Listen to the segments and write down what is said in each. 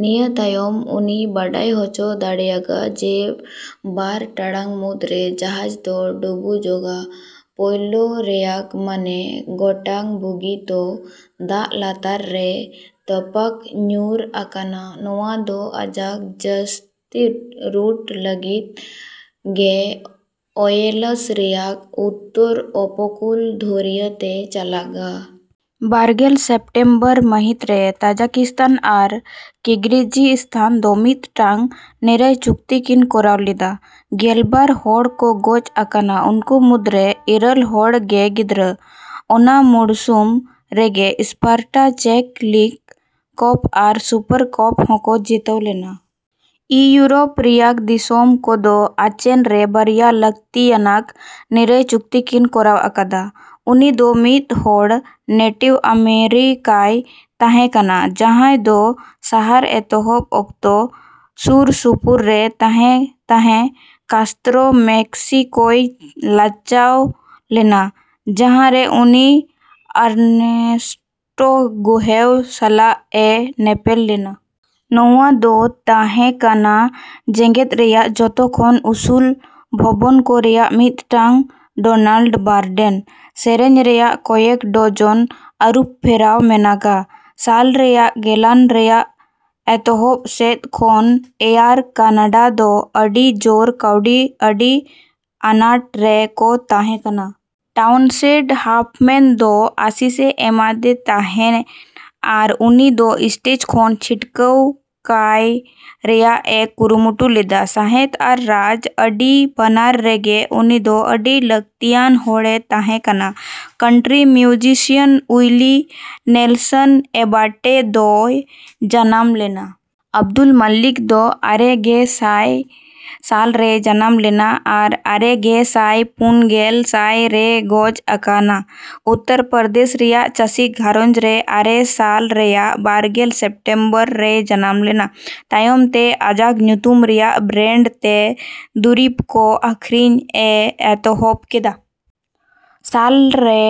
ᱱᱤᱭᱟᱹ ᱛᱟᱭᱚᱢ ᱩᱱᱤᱭ ᱵᱟᱲᱟᱭ ᱦᱚᱪᱚ ᱫᱟᱲᱮᱭᱟᱜᱼᱟ, ᱡᱮ ᱵᱟᱨ ᱴᱟᱲᱟᱝ ᱢᱩᱫᱨᱮ ᱡᱟᱦᱟᱡ ᱫᱚ ᱰᱩᱵᱩᱡᱚᱜᱼᱟ᱾ ᱯᱳᱭᱞᱳ ᱨᱮᱭᱟᱜ ᱢᱚᱬᱮ ᱜᱚᱴᱟᱝ ᱵᱩᱜᱤ ᱫᱚ ᱫᱟᱜ ᱞᱟᱛᱟᱨ ᱨᱮ ᱛᱚᱯᱟᱜ ᱧᱩᱨ ᱟᱠᱟᱱᱟ᱾ ᱱᱚᱶᱟ ᱫᱚ ᱟᱡᱟᱜ ᱡᱟᱹᱥᱛᱤ ᱨᱩᱴ ᱞᱟᱹᱜᱤᱫ ᱜᱮ ᱳᱭᱮᱞᱥ ᱨᱮᱭᱟᱜ ᱩᱛᱛᱚᱨ ᱩᱯᱚᱠᱩᱞ ᱫᱷᱩᱨᱭᱟᱹ ᱛᱮ ᱪᱟᱞᱟᱜᱟ᱾ ᱵᱟᱨᱜᱮᱞ ᱥᱮᱯᱴᱮᱢᱵᱚᱨ ᱢᱟᱹᱦᱤᱛᱨᱮ, ᱛᱟᱡᱟᱠᱤᱥᱛᱟᱱ ᱟᱨ ᱠᱤᱨᱜᱤᱡᱥᱛᱟᱱ ᱫᱚ ᱢᱤᱫᱴᱟᱝ ᱱᱤᱨᱟᱹᱭ ᱪᱩᱠᱛᱤ ᱠᱤᱱ ᱠᱚᱨᱟᱣ ᱞᱮᱫᱟ᱾ ᱜᱮᱞᱵᱟᱨ ᱦᱚᱲ ᱠᱚ ᱜᱚᱡ ᱟᱠᱟᱱᱟ, ᱩᱱᱠᱩ ᱢᱩᱫᱨᱮ ᱤᱨᱟᱹᱞ ᱦᱚᱲ ᱜᱮ ᱜᱤᱫᱽᱨᱟᱹ᱾ ᱚᱱᱟ ᱢᱩᱲᱥᱩᱢ ᱨᱮᱜᱮ ᱥᱯᱟᱨᱴᱟ ᱪᱮᱠ ᱞᱤᱜ ᱠᱟᱯ ᱟᱨ ᱥᱩᱯᱟᱨ ᱠᱟᱯ ᱦᱚᱸᱠᱚ ᱡᱤᱛᱟᱹᱣ ᱞᱮᱱᱟ᱾ ᱤᱭᱩᱨᱳᱯ ᱨᱮᱭᱟᱜ ᱫᱤᱥᱚᱢ ᱠᱚᱫᱚ ᱟᱪᱮᱱ ᱨᱮ ᱵᱟᱨᱭᱟ ᱞᱟᱹᱠᱛᱤᱭᱟᱱᱟᱜ ᱱᱤᱨᱟᱹᱭ ᱪᱩᱠᱛᱤ ᱠᱤᱱ ᱠᱚᱨᱟᱣ ᱟᱠᱟᱫᱟ᱾ ᱩᱱᱤᱫᱚ ᱢᱤᱫᱦᱚᱲ ᱱᱮᱴᱤᱵᱷ ᱟᱢᱮᱨᱤᱠᱟᱭ ᱛᱟᱦᱮᱸ ᱠᱟᱱᱟ ᱡᱟᱸᱦᱟᱭ ᱫᱚ ᱥᱟᱦᱟᱨ ᱮᱛᱚᱦᱚᱵ ᱚᱠᱛᱚ ᱥᱩᱨᱥᱩᱯᱩᱨᱮ ᱛᱟᱦᱮᱱ ᱛᱟᱦᱮᱸ᱾ ᱠᱟᱥᱛᱨᱳ ᱢᱮᱥᱠᱤᱠᱳᱭ ᱞᱟᱪᱟᱣ ᱞᱮᱱᱟ, ᱡᱟᱸᱦᱟᱨᱮ ᱩᱱᱤ ᱟᱨᱱᱮᱥᱛᱳ ᱜᱩᱦᱮᱵᱷᱟ ᱥᱟᱞᱟᱜ ᱮ ᱧᱮᱯᱮᱞ ᱞᱮᱱᱟ᱾ ᱱᱚᱶᱟ ᱫᱚ ᱛᱟᱦᱮᱸ ᱠᱟᱱᱟ ᱡᱮᱜᱮᱫ ᱨᱮᱭᱟᱜ ᱡᱚᱛᱚᱠᱷᱚᱱ ᱩᱥᱩᱞ ᱵᱷᱚᱵᱚᱱ ᱠᱚ ᱨᱮᱭᱟᱜ ᱢᱤᱫᱴᱟᱝ᱾ ᱰᱳᱱᱟᱞᱰ ᱵᱟᱨᱰᱮᱱ ᱥᱮᱹᱨᱮᱹᱧ ᱨᱮᱭᱟᱜ ᱠᱚᱭᱮᱠ ᱰᱚᱡᱚᱱ ᱟᱹᱨᱩᱯᱷᱮᱨᱟᱣ ᱢᱮᱱᱟᱜᱼᱟ᱾ ᱥᱟᱞ ᱨᱮᱭᱟᱜ ᱜᱮᱞᱟᱱ ᱨᱮᱭᱟᱜ ᱮᱛᱚᱦᱚᱵ ᱥᱮᱫ ᱠᱷᱚᱱ ᱮᱭᱟᱨ ᱠᱟᱱᱟᱰᱟ ᱫᱚ ᱟᱹᱰᱤ ᱡᱳᱨ ᱠᱟᱹᱣᱰᱤ ᱟᱹᱰᱤ ᱟᱱᱟᱴ ᱨᱮᱠᱚ ᱛᱟᱦᱮᱸ ᱠᱟᱱᱟ᱾ ᱴᱟᱣᱩᱱᱥᱮᱱᱰ ᱦᱚᱯᱷᱢᱮᱹᱱ ᱫᱚ ᱟᱹᱥᱤᱥᱮ ᱮᱢᱟᱫᱮ ᱛᱟᱦᱮᱸ ᱟᱨ ᱩᱱᱤ ᱫᱚ ᱥᱴᱮᱡ ᱠᱷᱚᱱ ᱪᱷᱤᱴᱠᱟᱹᱣ ᱠᱟᱭ ᱨᱮᱭᱟᱜ ᱮ ᱠᱩᱨᱩᱢᱩᱴᱩ ᱞᱮᱫᱟ᱾ ᱥᱟᱶᱦᱮᱫ ᱟᱨ ᱨᱟᱡᱽ ᱟᱹᱨᱤ ᱵᱟᱱᱟᱨ ᱨᱮᱜᱮ ᱩᱱᱤᱫᱚ ᱟᱹᱰᱤ ᱞᱟᱹᱠᱛᱤᱭᱟᱱ ᱦᱚᱲᱮ ᱛᱟᱦᱮᱸ ᱠᱟᱱᱟ᱾ ᱠᱟᱱᱴᱨᱤ ᱢᱤᱭᱩᱡᱤᱥᱤᱭᱟᱱ ᱩᱭᱞᱤ ᱱᱮᱞᱥᱚᱱ ᱮᱹᱵᱟᱴᱮ ᱫᱚᱭ ᱡᱟᱱᱟᱢ ᱞᱮᱱᱟ᱾ ᱟᱵᱫᱩᱞ ᱢᱟᱞᱤᱠᱤ ᱫᱚ ᱟᱨᱮᱜᱮᱥᱟᱭ ᱥᱟᱞ ᱨᱮᱭ ᱡᱟᱱᱟᱢ ᱞᱮᱱᱟ ᱟᱨ ᱟᱨᱮᱜᱮᱥᱟᱭ ᱯᱩᱱᱜᱮᱞ ᱥᱟᱞ ᱨᱮᱭ ᱜᱚᱡ ᱟᱠᱟᱱᱟ᱾ ᱩᱛᱛᱚᱨ ᱯᱨᱚᱫᱮᱥ ᱨᱮᱭᱟᱜ ᱪᱟᱹᱥᱤ ᱜᱷᱟᱸᱨᱚᱡᱽ ᱨᱮ ᱟᱨᱮ ᱥᱟᱞ ᱨᱮᱭᱟᱜ ᱵᱟᱨᱜᱮᱞ ᱥᱮᱯᱴᱮᱢᱵᱚᱨ ᱨᱮᱭ ᱡᱟᱱᱟᱢ ᱞᱮᱱᱟ᱾ ᱛᱟᱭᱚᱢ ᱛᱮ ᱟᱡᱟᱜ ᱧᱩᱛᱩᱢ ᱨᱮᱭᱟᱜ ᱵᱨᱮᱹᱱᱰ ᱛᱮ ᱫᱩᱨᱤᱵ ᱠᱚ ᱟᱹᱠᱷᱨᱤᱧ ᱮ ᱮᱛᱚᱦᱚᱵ ᱠᱮᱫᱟ᱾ ᱥᱟᱞ ᱨᱮ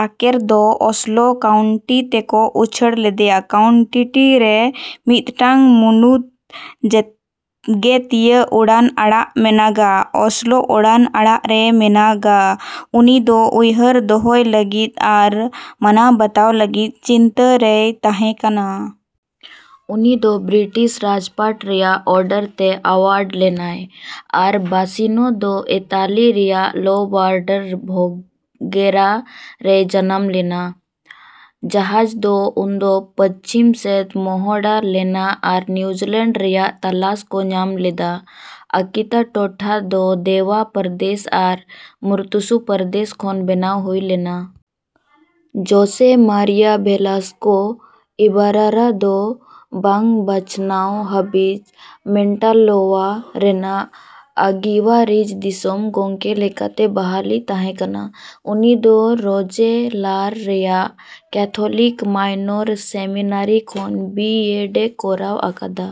ᱟᱠᱮᱨ ᱫᱚ ᱚᱥᱞᱳ ᱠᱟᱣᱩᱱᱴᱤ ᱛᱮᱠᱚ ᱩᱪᱷᱟᱹᱲ ᱞᱮᱫᱮᱭᱟ᱾ ᱠᱟᱣᱩᱱᱴᱤᱴᱤᱨᱮ ᱢᱤᱫᱴᱟᱝ ᱢᱩᱲᱩᱫ ᱡᱮᱜᱮᱛᱤᱭᱟᱹ ᱩᱰᱟᱹᱱ ᱟᱰᱟ ᱢᱮᱱᱟᱜᱼᱟ, ᱚᱥᱞᱳ ᱩᱰᱟᱹᱱ ᱟᱰᱟ ᱨᱮᱦᱚᱸ ᱢᱮᱱᱟᱜᱼᱟ᱾ ᱩᱱᱤ ᱫᱚ ᱩᱭᱦᱟᱹᱨ ᱫᱚᱦᱚᱭ ᱞᱟᱹᱜᱤᱫ ᱟᱨ ᱢᱟᱱᱟᱣᱼᱵᱟᱛᱟᱣ ᱞᱟᱹᱜᱤᱫ ᱪᱤᱱᱛᱟᱹ ᱨᱮᱭ ᱛᱟᱦᱮᱸ ᱠᱟᱱᱟ᱾ ᱩᱱᱤᱫᱚ ᱵᱨᱤᱴᱤᱥ ᱨᱟᱡᱽᱯᱟᱴ ᱨᱮᱭᱟᱜ ᱚᱨᱰᱟᱨ ᱛᱮᱭ ᱮᱣᱟᱨᱰ ᱞᱮᱱᱟ᱾ ᱟᱨᱵᱟᱥᱤᱱᱳ ᱫᱚ ᱤᱛᱟᱞᱤ ᱨᱮᱭᱟᱜ ᱞᱳᱢᱵᱟᱨᱰᱤᱨ ᱵᱷᱳᱜᱮᱨᱟ ᱨᱮᱭ ᱡᱟᱱᱟᱢ ᱞᱮᱱᱟ᱾ ᱡᱟᱦᱟᱡ ᱠᱚ ᱩᱱᱫᱚ ᱯᱚᱥᱪᱷᱤᱢ ᱥᱮᱫ ᱢᱚᱦᱚᱰᱟ ᱞᱮᱱᱟ ᱟᱨ ᱱᱤᱭᱩᱡᱤᱞᱮᱹᱱᱰ ᱨᱮᱭᱟᱜ ᱛᱚᱞᱟᱥ ᱠᱚ ᱧᱟᱢ ᱞᱮᱫᱟ᱾ ᱟᱠᱤᱛᱟ ᱴᱚᱴᱷᱟ ᱫᱚ ᱫᱮᱣᱟ ᱯᱨᱚᱫᱮᱥ ᱟᱨ ᱢᱩᱛᱥᱩ ᱯᱨᱚᱫᱮᱥ ᱠᱷᱚᱱ ᱵᱮᱱᱟᱣ ᱦᱩᱭ ᱞᱮᱱᱟ᱾ ᱡᱳᱥᱮ ᱢᱟᱨᱤᱭᱟ ᱵᱷᱮᱞᱟᱥᱠᱳ ᱤᱵᱟᱨᱟᱨ ᱫᱚ ᱵᱟᱝ ᱵᱟᱪᱷᱱᱟᱣ ᱦᱟᱹᱵᱤᱡ ᱢᱚᱱᱴᱟᱞᱚᱵᱷᱳ ᱨᱮᱱ ᱟᱹᱜᱤᱵᱷᱟᱨᱤᱡ ᱫᱤᱥᱚᱢ ᱜᱚᱝᱠᱮ ᱞᱮᱠᱟᱛᱮ ᱵᱟᱦᱟᱞᱮ ᱛᱟᱦᱮᱸ ᱠᱟᱱᱟ᱾ ᱩᱱᱤ ᱫᱚ ᱨᱳᱡᱮᱞᱟᱨ ᱨᱮᱭᱟᱜ ᱠᱮᱹᱛᱷᱚᱞᱤᱠ ᱢᱟᱭᱱᱚᱨ ᱥᱮᱢᱤᱱᱟᱨᱤ ᱠᱷᱚᱱ ᱵᱤ ᱮᱰ ᱮ ᱠᱚᱨᱟᱣ ᱟᱠᱟᱫᱟ᱾